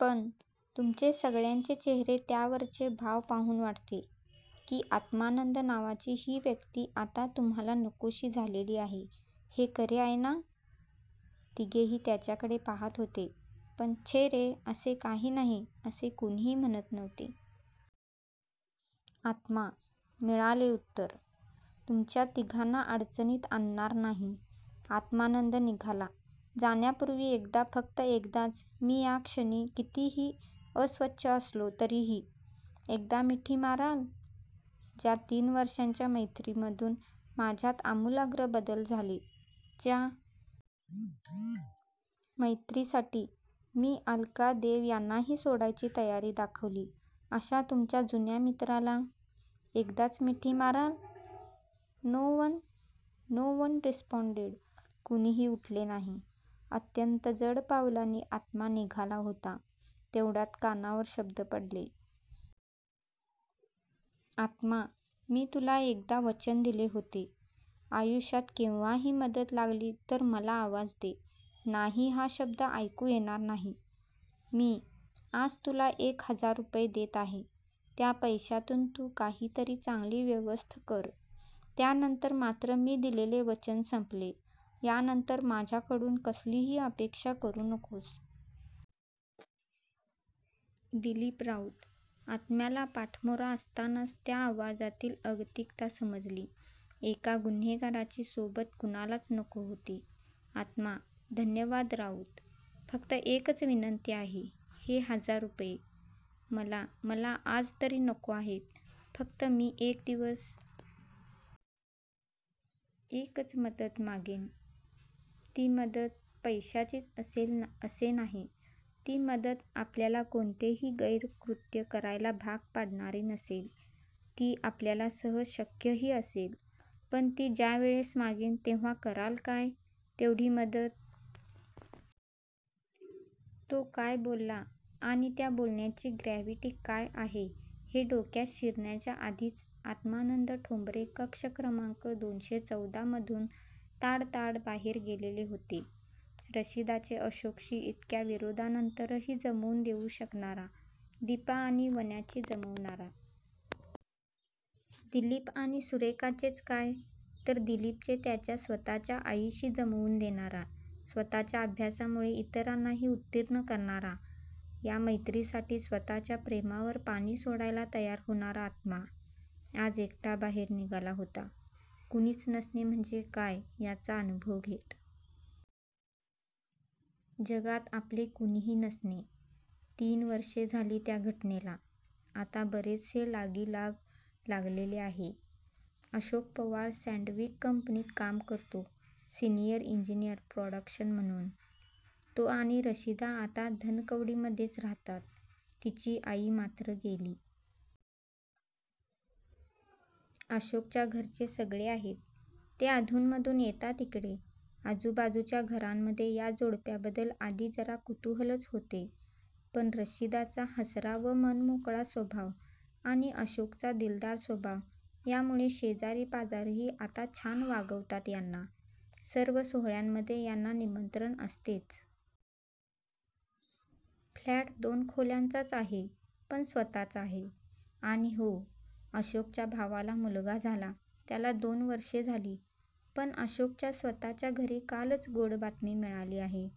पण, तुमचे सगळ्यांचे चेहरे त्यावरचे भाव पाहून वाटते. की आत्मानंद नावाची ही व्यक्ती आता तुम्हाला नकोशी झालेली आहे. हे खरे आहे ना? तिघेही त्याच्याकडे पाहात होते. पण 'छे रे, असे काही नाही' असे कुणीही म्हणत नव्हते. आत्मा मिळाले उत्तर! तुमच्या तिघांना अडचणीत आणणार नाही. आत्मानंद निघाला जाण्यापुर्वी एकदा फक्त एकदाच मी या क्षणी कितीही अस्वच्छ असलो तरीही, एकदा मिठी माराल? ज्या तीन वर्षांच्या मैत्रीमधून माझ्यात आमुलाग्र बदल झाले.ज्या मैत्रीसाठी मी अलका देव यांनाही सोडायची तयारी दाखवली. अशा तुमच्या जुन्या मित्राला. एकदाच मिठी माराल? No one! No one responded! कुणीही उठले नाही. अत्यंत जड पावलांनी आत्मा निघाला होता. तेवढ्यात कानावर शब्द पडले. "आत्मा मी तुला एकदा वचन दिले होते. आयुष्यात केव्हाही मदत लागली तर मला आवाज दे 'नाही' हा शब्द ऐकू येणार नाही. मी, आज तुला एक हजार रुपये देत आहे. त्या पैशातून तू काहीतरी चांगली व्यवस्थ कर, त्यानंतर मात्र मी दिलेले वचन संपले यानंतर माझ्याकडून कसलीही अपेक्षा करू नकोस." दिलीप राऊत! आत्म्याला पाठमोरा असतानाच त्या आवाजातील अगतिकता समजली. एका गुन्हेगाराची सोबत कुणालाच नको होती. आत्मा धन्यवाद राऊत. फक्त एकच विनंती आहे. हे हजार रुपये. मला मला आज तरी नको आहेत. फक्त मी एक दिवस.. एकच मदत मागेन. ती मदत पैशाचीच असेल असे नाही. ती मदत आपल्याला कोणतेही गैर कृत्य करायला भाग पाडणारी नसेल. ती आपल्याला सहज शक्यही असेल. पण ती ज्यावेळेस मागेन. तेव्हा कराल काय? तेवढी मदत? तो काय बोलला आणि त्या बोलण्याची ग्रॅव्हिटी काय आहे हे डोक्यात शिरण्याच्या आधीच आत्मानंद ठोंबरे कक्ष क्रमांक दोनशे चवदा मधून ताडताड बाहेर गेलेले होते. रशिदाचे अशोकशी इतक्या विरोधानंतरही जमवून देऊ शकणारा, दीपा आणि वन्याचे जमवणारा. दिलीप आणि सुरेखाचेच काय तर दिलीपचे त्याच्या स्वतःच्या आईशी जमवून देणारा. स्वतःच्या अभ्यासामुळे इतरांनाही उत्तीर्ण करणारा. या मैत्रीसाठी स्वतःच्या प्रेमावर पाणी सोडायला तयार होणारा आत्मा, आज एकटा बाहेर निघाला होता. कुणीच नसणे म्हणजे काय याचा अनुभव घेत! जगात आपले कुणीही नसणे. तीन वर्षे झाली त्या घटनेला! आता बरेचसे लागीलाग लागलेले आहे. अशोक पवार सॅंडविक कंपनीत काम करतो. सिनियर इंजीनियर प्रॉडक्शन म्हणून! तो आणि रशिदा आता धनकवडीमध्येच राहतात! तिची आई मात्र गेली. अशोकच्या घरचे सगळे आहेत. ते अधूनमधून येतात इकडे! आजूबाजूच्या घरांमध्ये या जोडप्याबद्दल आधी जरा कुतुहलच होते. पण रशिदाचा हसरा व मनमोकळा स्वभाव आणि अशोकचा दिलदार स्वभाव यामुळे शेजारी पाजारीही आता छान वागवतात यांना सर्व सोहळ्यांमध्ये यांना निमंत्रण असतेच! फ्लॅट दोन खोल्यांचाच आहे, पण स्वतःचा आहे. आणि हो, अशोकच्या भावाला मुलगा झाला त्याला दोन वर्षे झाली पण अशोकच्या स्वतःच्या घरी कालच गोड बातमी मिळाली आहे.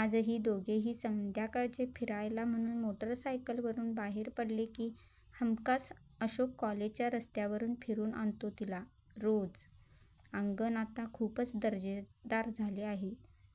आजही दोघेही संध्याकाळचे फिरायला म्हणून मोटरसायकलवरून बाहेर पडले की हमखास अशोक कॉलेजच्या रस्त्यावरून फिरून आणतो तिला! रोज! आंगन आता खूपच दर्जेदार झाले आहे.